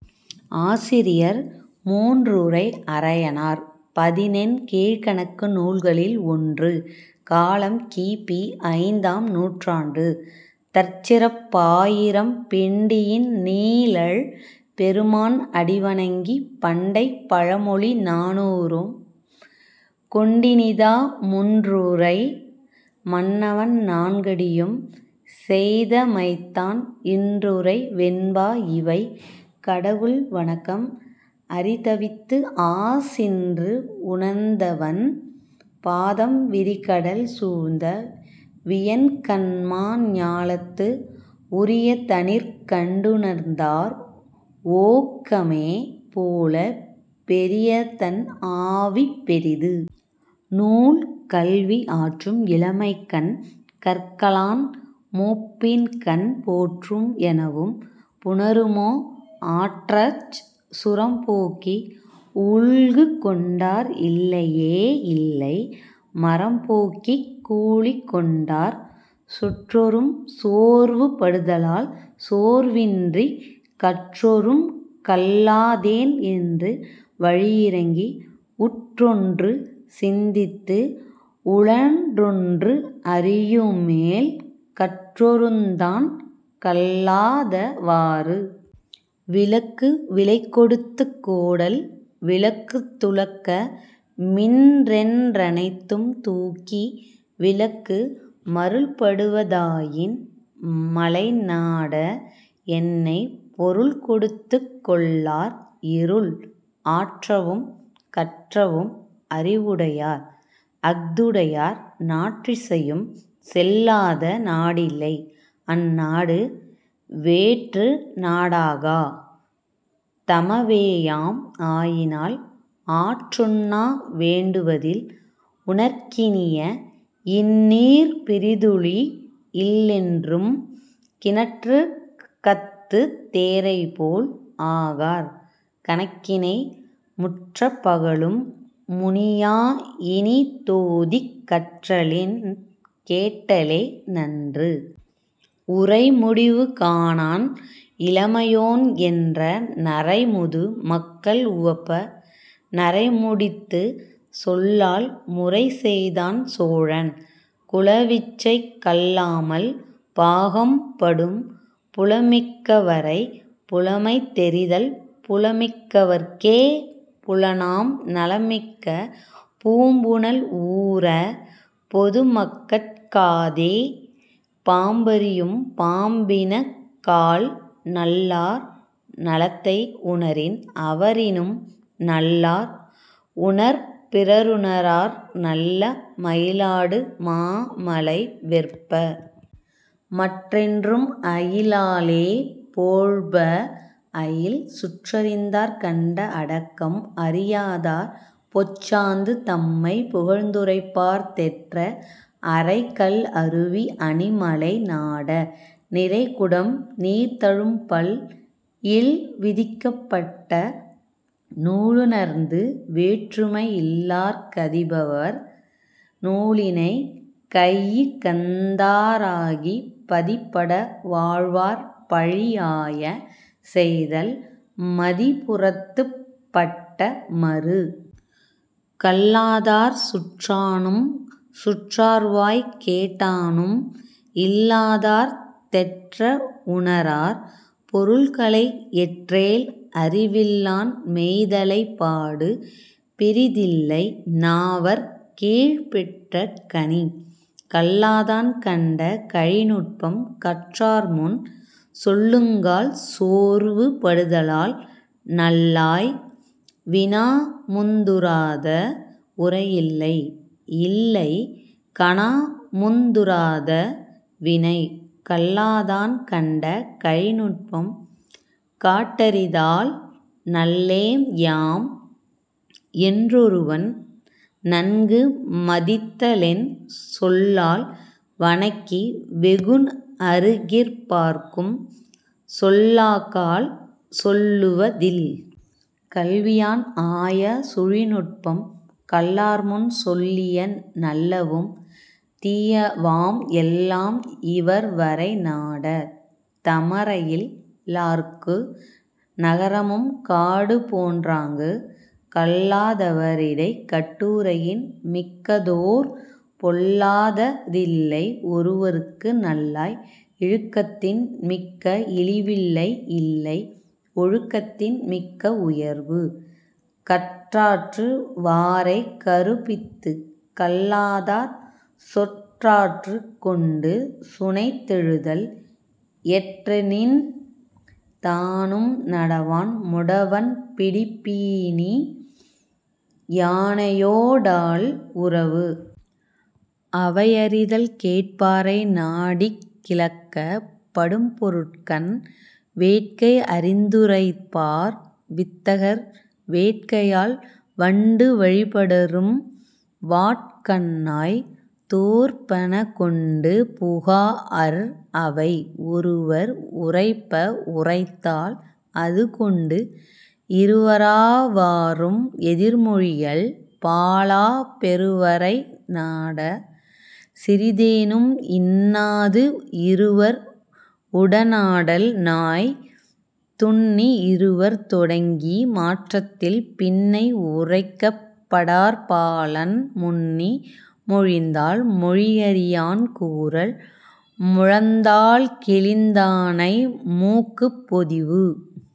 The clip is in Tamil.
ஆசிரியர் மூன்றுறை அரையனார் பதினென் கீழ்க்கணக்கு நூல்களில் ஒன்று காலம் கி. பி. ஐந்தாம் நூற்றாண்டு தற்சிறப்புப் பாயிரம் பிண்டியின் நீழல் பெருமான் அடிவணங்கிப் பண்டைப் பழமொழி நானூறும் கொண்டினிதா முன்றுறை மன்னவன் நான்கடியும் செய்தமைத்தான் இன்றுறை வெண்பா இவை. கடவுள் வணக்கம் அரிதவித்து ஆசின்று உணர்ந்தவன் பாதம் விரிகடல் சூழ்ந்த வியன்கண்மா ஞாலத்து உரியதனிற் கண்டுணர்ந்தார் ஓக்கமே போலப் 'பெரியதன் ஆவி பெரிது. ' நூல். கல்வி ஆற்றும் இளமைக்கண் கற்கலான் மூப்பின்கண் போற்றும் எனவும் புணருமோ ஆற்றச் 'சுரம்போக்கி உல்குகொண்டார் இல்லையே யில்லை மரம்போக்கிக் கூலிகொண் டார்'. சொற்றொறும் சோர்வு படுதலால் சோர்வின்றிக் கற்றொறும் கல்லாதேன் என்று வழியிரங்கி உற்றொன்று சிந்தித்து உழன்றொன்று அறியுமேல் 'கற்றொறுந்தான் கல்லாத வாறு'. விளக்கு விலைகொடுத்துக் கோடல் விளக்குத் துளக்கமின் றென்றனைத்தும் தூக்கி விளக்கு மருள்படுவ தாயின் மலைநாட! என்னை 'பொருள்கொடுத்துக் கொள்ளார் இருள்'. ஆற்றவும் கற்றவும் அறிவுடையார்; அஃதுடையார் நாற்றிசையும் செல்லாத நாடில்லை அந்நாடு வேற்றுநா டாகா; தமவேயாம் ஆயினால் 'ஆற்றுணா வேண்டுவ தில்'. உணற்கினிய இன்னீர் பிறிதுழி இல்லென்றும் கிணற்றுகத்துத் தேரைபோல் ஆகார் கணக்கினை முற்றப் பகலும் முனியா இனிதோதிக் 'கற்றலின் கேட்டலே நன்று'. உரைமுடிவு காணான் இளமையோன் என்ற நரைமுது மக்கள் உவப்ப நரைமுடித்துச் சொல்லால் முறைசெய்தான் சோழன் 'குலவிச்சை கல்லாமல் பாகம் படும்'. புலமிக் கவரைப் புலமை தெரிதல் புலமிக் கவர்க்கே புலனாம் நலமிக்க பூம்புனல் ஊர! பொதுமக்கட் காகாதே 'பாம்பறியும் பாம்பின கால்'. நல்லார் நலத்தை உணரின் அவரினும் நல்லார் உணர்ப பிறருணரார் நல்ல மயிலாடு மாமலை வெற்ப! மற்றென்றும் 'அயிலாலே போழ்ப அயில்'. சுற்றறிந்தார் கண்ட அடக்கம் அறியாதார் பொச்சாந்து தம்மைப் புகழ்ந்துரைப்பார் தெற்ற அறைகல் அருவி அணிமலை நாட! 'நிறைகுடம் நீர்தளும்பல் இல்'. விதிப்பட்ட நூலுணர்ந்து வேற்றுமை இல்லார் கதிப்பவர் நூலினைக் கையிகந்தா ராகிப் பதிப்பட வாழ்வார் பழியாய செய்தல் 'மதிப்புறத்துப் பட்ட மறு'.. கல்லாதார் சுற்றானும் சுற்றார்வாய்க் கேட்டானும் இல்லாதார் தெற்ற உணரார் பொருள்களை எற்றேல் அறிவில்லான் மெய்தலைப் பாடு பிறிதில்லை 'நாவற் கீழ்ப் பெற்ற கனி'. கல்லாதான் கண்ட கழிநுட்பம் கற்றார்முன் சொல்லுங்கால் சோர்வு படுதலால் நல்லாய்! 'வினாமுந் துறாத உரையில்லை; இல்லை கனாமுந் துறாத வினை'. கல்லாதான் கண்ட கழிநுட்பம் காட்டரிதால் நல்லேம்யாம் என்றொருவன் நன்கு மதித்தலென் சொல்லால் வணக்கி வெகுண்அரு கிற்பார்க்கும் 'சொல்லாக்கால் சொல்லுவ தில்'. கல்வியான் ஆய சுழிநுட்பம் கல்லார்முன் சொல்லிய நல்லவும் தீயவாம் எல்லாம் இவர்வரை நாட! 'தமரையில் லார்க்கு நகரமும் காடுபோன் றாங்கு'. கல்லா தவரிடைக் கட்டுரையின் மிக்கதோர் பொல்லாத தில்லை ஒருவற்கு நல்லாய்! 'இழுக்கத்தின் மிக்க இழிவில்லை இல்லை ஒழுக்கத்தின் மிக்க உயர்வு'. கற்றாற்று வாரைக் கறுப்பித்துக் கல்லாதார் சொற்றாற்றுக் கொண்டு சுனைத்தெழுதல் எற்றெனின் தானும் நடவான் 'முடவன் பிடிப்பூணி யானையோ டாடல் உறவு'.. அவையறிதல் கேட்பாரை நாடிக் கிளக்கப் படும்பொருட்கண் வேட்கை அறிந்துரைப்பார் வித்தகர் வேட்கையால் வண்டு வழிபடரும் வாட்கண்ணாய்! 'தோற்பன கொண்டு புகாஅர் அவை'. ஒருவர் உரைப்ப உரைத்தால் அதுகொண்டு இருவரா வாரும் எதிர்மொழியல் பாலா பெருவரை நாட! சிறிதேனும் 'இன்னாது இருவர் உடனாடல் நாய்'. துன்னி இருவர் தொடங்கிய மாற்றத்தில் பின்னை உரைக்கப் படற்பாலான் முன்னி மொழிந்தால் மொழியறியான் கூறல் 'முழந்தாள் கிழிந்தானை மூக்குப் பொதிவு'.